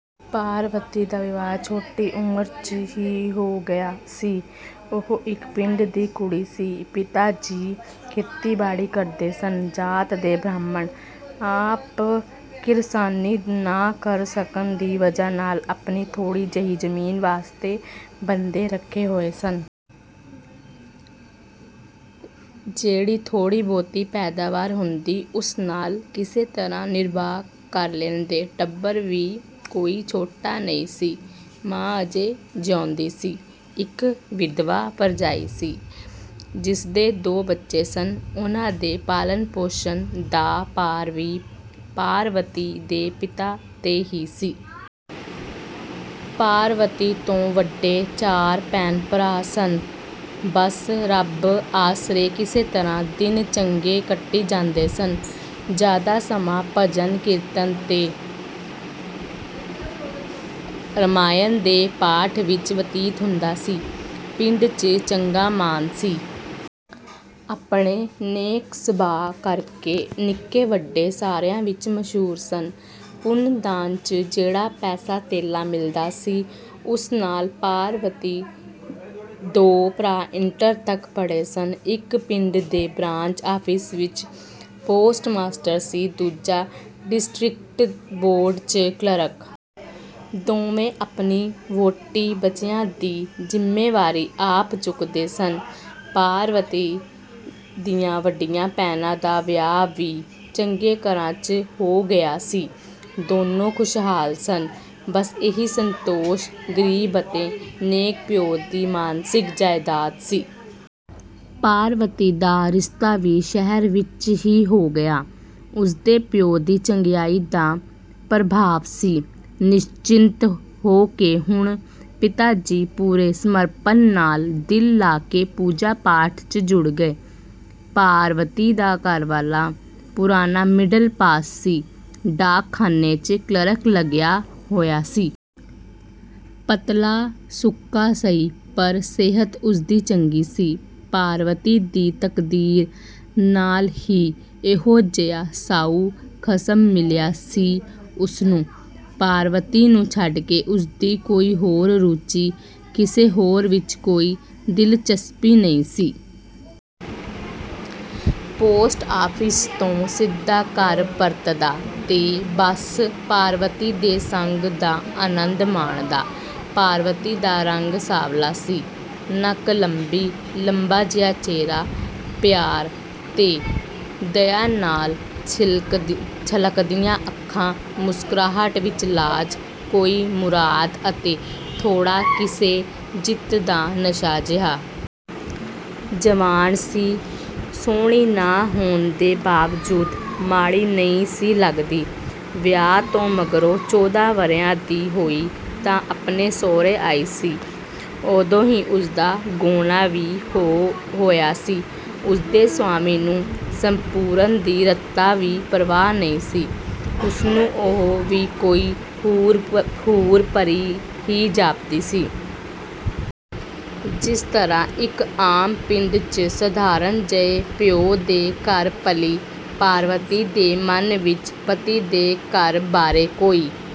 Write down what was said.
ਪਾਰਵਤੀ ਦਾ ਵਿਆਹ ਛੋਟੀ ਉਮਰ 'ਚ ਹੀ ਹੋ ਗਿਆ ਸੀ। ਉਹ ਇੱਕ ਪਿੰਡ ਦੀ ਕੁੜੀ ਸੀ। ਪਿਤਾ ਜੀ ਖੇਤੀਬਾੜੀ ਕਰਦੇ ਸਨ, ਜਾਤ ਦੇ ਬ੍ਰਾਹਮਣ। ਆਪ ਕਿਰਸਾਨੀ ਨਾ ਕਰ ਸਕਣ ਦੀ ਵਜ੍ਹਾ ਨਾਲ਼ ਆਪਣੀ ਥੋੜ੍ਹੀ ਜਿਹੀ ਜ਼ਮੀਨ ਵਾਸਤੇ ਬੰਦੇ ਰੱਖੇ ਹੋਏ ਸਨ। ਜਿਹੜੀ ਥੋੜ੍ਹੀ-ਬਹੁਤੀ ਪੈਦਾਵਾਰ ਹੁੰਦੀ, ਉਸ ਨਾਲ਼ ਕਿਸੇ ਤਰ੍ਹਾਂ ਨਿਰਬਾਹ ਕਰ ਲੈਂਦੇ। ਟੱਬਰ ਵੀ ਕੋਈ ਛੋਟਾ ਨਹੀਂ ਸੀ। ਮਾਂ ਅਜੇ ਜਿਉਂਦੀ ਸੀ, ਇੱਕ ਵਿਧਵਾ ਭਰਜਾਈ ਸੀ, ਜਿਸਦੇ ਦੋ ਬੱਚੇ ਸਨ। ਉਨ੍ਹਾਂ ਦੇ ਪਾਲਣ-ਪੋਸ਼ਣ ਦਾ ਭਾਰ ਵੀ ਪਾਰਵਤੀ ਦੇ ਪਿਤਾ 'ਤੇ ਹੀ ਸੀ। ਪਾਰਵਤੀ ਤੋਂ ਵੱਡੇ ਚਾਰ ਭੈਣ-ਭਰਾ ਸਨ। ਬੱਸ ਰੱਬ ਆਸਰੇ ਕਿਸੇ ਤਰ੍ਹਾਂ ਦਿਨ ਚੰਗੇ ਕੱਟੀ ਜਾਂਦੇ ਸਨ। ਜ਼ਿਆਦਾ ਸਮਾਂ ਭਜਨ-ਕੀਰਤਨ 'ਤੇ ਰਮਾਇਣ ਦੇ ਪਾਠ ਵਿੱਚ ਹੀ ਵਤੀਤ ਹੁੰਦਾ ਸੀ। ਪਿੰਡ 'ਚ ਚੰਗਾ ਮਾਣ ਸੀ। ਆਪਣੇ ਨੇਕ-ਸੁਭਾਅ ਕਰਕੇ ਨਿੱਕੇ-ਵੱਡੇ ਸਾਰਿਆਂ ਵਿੱਚ ਮਸ਼ਹੂਰ ਸਨ। ਪੁੰਨ-ਦਾਨ 'ਚ ਜਿਹੜਾ ਪੈਸਾ-ਧੇਲਾ ਮਿਲਦਾ ਸੀ, ਉਸੇ ਨਾਲ਼ ਪਾਰਵਤੀ ਦੇ ਭਰਾ ਇੰਟਰ ਤੱਕ ਪੜ੍ਹੇ ਸਨ। ਇੱਕ ਪਿੰਡ ਦੇ ਬ੍ਰਾਂਚ ਆਫ਼ਿਸ ਵਿੱਚ ਪੋਸਟਮਾਸਟਰ ਸੀ, ਦੂਜਾ ਡਿਸਟ੍ਰਿਕਟ ਬੋਰਡ 'ਚ ਕਲਰਕ। ਦੋਵੇਂ ਆਪਣੇ ਵਹੁਟੀ-ਬੱਚਿਆਂ ਦੀ ਜ਼ਿੰਮੇਵਾਰੀ ਆਪ ਚੁੱਕ ਸਕਦੇ ਸਨ। ਪਾਰਵਤੀ ਦੀਆਂ ਵੱਡੀਆਂ ਭੈਣਾਂ ਦਾ ਵਿਆਹ ਵੀ ਚੰਗੇ ਘਰਾਂ 'ਚ ਹੋ ਗਿਆ ਸੀ, ਦੋਨੋਂ ਖੁਸ਼ਹਾਲ ਸਨ। ਬੱਸ ਇਹੀ ਸੰਤੋਸ਼ ਗਰੀਬ ਅਤੇ ਨੇਕ ਪਿਉ ਦੀ ਮਾਨਸਿਕ ਜਾਇਦਾਦ ਸੀ। ਪਾਰਵਤੀ ਦਾ ਰਿਸ਼ਤਾ ਵੀ ਸ਼ਹਿਰ ਵਿੱਚ ਹੀ ਹੋ ਗਿਆ, ਉਸਦੇ ਪਿਉ ਦੀ ਚੰਗਿਆਈ ਦਾ ਪ੍ਰਭਾਵ ਸੀ। ਨਿਸ਼ਚਿੰਤ ਹੋ ਕੇ ਹੁਣ ਪਿਤਾ ਜੀ ਪੂਰੇ ਸਮਰਪਣ ਨਾਲ਼ ਦਿਲ ਲਾ ਕੇ ਪੂਜਾ-ਪਾਠ 'ਚ ਜੁੜ ਗਏ। ਪਾਰਵਤੀ ਦਾ ਘਰਵਾਲਾ ਪੁਰਾਣਾ ਮਿਡਲ ਪਾਸ ਸੀ, ਡਾਕਖਾਨੇ 'ਚ ਕਲਰਕ ਲੱਗਿਆ ਹੋਇਆ ਸੀ। ਪਤਲਾ-ਸੁੱਕਾ ਸਹੀ, ਪਰ ਸਿਹਤ ਉਸਦੀ ਚੰਗੀ ਸੀ। ਪਾਰਵਤੀ ਦੀ ਤਕਦੀਰ ਨਾਲ਼ ਹੀ ਇਹੋ ਜਿਹਾ ਸਾਊ ਖਸਮ ਮਿਲਿਆ ਸੀ ਉਸਨੂੰ। ਪਾਰਵਤੀ ਨੂੰ ਛੱਡਕੇ ਉਸਦੀ ਕੋਈ ਹੋਰ ਰੁਚੀ, ਕਿਸੇ ਹੋਰ ਵਿੱਚ ਕੋਈ ਦਿਲਚਸਪੀ ਨਹੀਂ ਸੀ। ਪੋਸਟ ਆਫ਼ਿਸ ਤੋਂ ਸਿੱਧਾ ਘਰ ਪਰਤਦਾ 'ਤੇ ਬੱਸ ਪਾਰਵਤੀ ਦੇ ਸੰਗ ਦਾ ਅਨੰਦ ਮਾਣਦਾ। ਪਾਰਵਤੀ ਦਾ ਰੰਗ ਸਾਂਵਲਾ ਸੀ। ਨੱਕ ਲੰਬੀ, ਲੰਬਾ ਜਿਹਾ ਚਿਹਰਾ, ਪਿਆਰ 'ਤੇ ਦਇਆ ਨਾਲ਼ ਛਲਕਦੀਆਂ ਅੱਖਾਂ, ਮੁਸਕਰਾਹਟ ਵਿੱਚ ਲਾਜ, ਕੋਈ ਮੁਰਾਦ ਅਤੇ ਥੋੜ੍ਹਾ ਕਿਸੇ ਜਿੱਤ ਦਾ ਨਸ਼ਾ ਜਿਹਾ। ਜਵਾਨ ਸੀ, ਸੁਹਣੀ ਨਾ ਹੋਣ ਦੇ ਬਾਵਜੂਦ ਮਾੜੀ ਨਹੀਂ ਸੀ ਲੱਗਦੀ। ਵਿਆਹ ਤੋਂ ਮਗਰੋਂ ਚੌਦ੍ਹਾਂ ਵਰ੍ਹਿਆਂ ਦੀ ਹੋਈ ਤਾਂ ਆਪਣੇ ਸਹੁਰੇ ਆਈ ਸੀ, ਉਦੋਂ ਹੀ ਉਸਦਾ ਗੌਣਾ ਵੀ ਹੋਇਆ ਸੀ। ਉਸਦੇ ਸਵਾਮੀ ਨੂੰ ਸੁਹੱਪਣ ਦੀ ਰਤਾ ਵੀ ਪਰਵਾਹ ਨਹੀਂ ਸੀ, ਉਸਨੂੰ ਉਹ ਵੀ ਕੋਈ ਹੂਰ-ਪਰੀ ਹੀ ਜਾਪਦੀ ਸੀ। ਜਿਸ ਤਰ੍ਹਾਂ ਇੱਕ ਆਮ ਪਿੰਡ 'ਚ ਸਧਾਰਣ ਜਿਹੇ ਪਿਉ ਦੇ ਘਰ ਪਲੀ ਪਾਰਵਤੀ ਦੇ ਮਨ ਵਿੱਚ ਪਤੀ ਦੇ ਘਰ ਬਾਰੇ ਕੋਈ